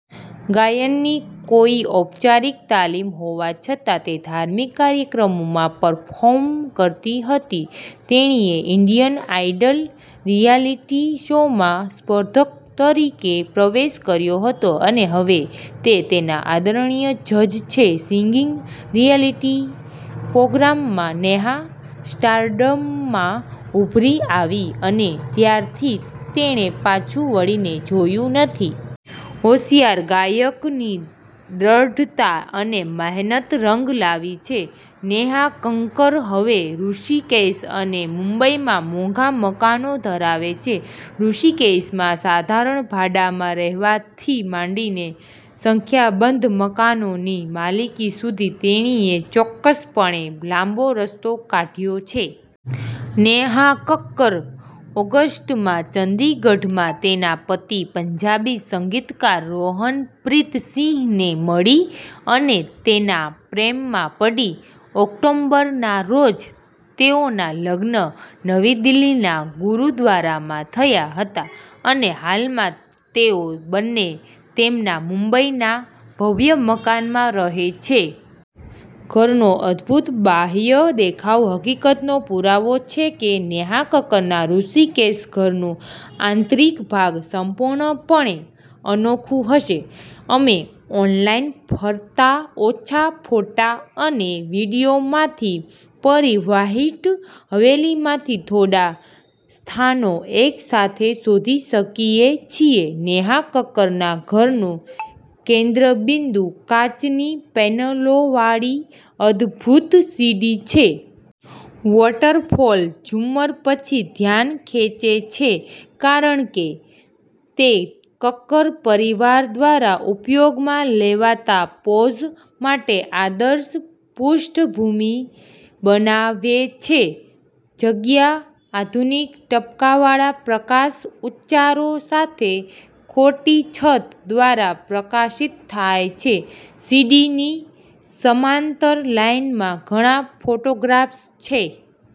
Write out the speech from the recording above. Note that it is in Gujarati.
ગાયનની કોઈ ઔપચારિક તાલીમહોવા છતાં, તે ધાર્મિક કાર્યક્રમોમાં પરફોર્મ કરતી હતી. તેણીએ ઈન્ડિયન આઈડલ રિયાલિટી શોમાં સ્પર્ધક તરીકે પ્રવેશ કર્યો હતો અને હવે તે તેના આદરણીય જજ છે. સિંગિંગ રિયાલિટી પ્રોગ્રામમાં નેહા સ્ટારડમમાં ઉભરી આવી, અને ત્યારથી, તેણે પાછું વળીને જોયું નથી. હોશિયાર ગાયકની દ્રઢતા અને મહેનત રંગ લાવી છે. નેહા કક્કર હવે ઋષિકેશ અને મુંબઈમાં મોંઘા મકાનો ધરાવે છે. ઋષિકેશમાં સાધારણ ભાડામાં રહેવાથી માંડીને સંખ્યાબંધ મકાનોની માલિકી સુધી તેણીએ ચોક્કસપણે લાંબો રસ્તો કાઢ્યો છે. નેહા કક્કર ઓગસ્ટ માં ચંદીગઢમાં તેના પતિ, પંજાબી સંગીતકાર રોહનપ્રીત સિંહને મળી, અને તેના પ્રેમમાં પડી. ઓક્ટોબર, ના રોજ, તેઓના લગ્ન નવી દિલ્હીના ગુરુદ્વારામાં થયા હતા, અને હાલમાં, તેઓ બંને તેમના મુંબઈના ભવ્ય મકાનમાં રહે છે. ઘરનો અદભૂત બાહ્ય દેખાવહકીકતનો પુરાવો છે કે નેહા કક્કરના ઋષિકેશ ઘરનું આંતરિક ભાગ સંપૂર્ણપણે અનોખું હશે. અમે ઓનલાઈન ફરતા ઓછા ફોટા અને વિડીયોમાંથી પરી વ્હાઇટ હવેલીમાંથી થોડાં સ્થાનો એકસાથે શોધી શકીએ છીએ. નેહા કક્કરના ઘરનું કેન્દ્રબિંદુ કાચની પેનલોવાળી અદભૂત સીડી છે. વોટરફોલ ઝુમ્મર પછી ધ્યાન ખેંચે છે કારણ કે તે કક્કર પરિવાર દ્વારા ઉપયોગમાં લેવાતા પોઝ માટે આદર્શ પૃષ્ઠભૂમિ બનાવે છે. જગ્યા આધુનિક ટપકાંવાળા પ્રકાશ ઉચ્ચારો સાથે ખોટી છત દ્વારા પ્રકાશિત થાય છે. સીડીની સમાંતર લાઇનમાં ઘણા ફોટોગ્રાફ્સ છે.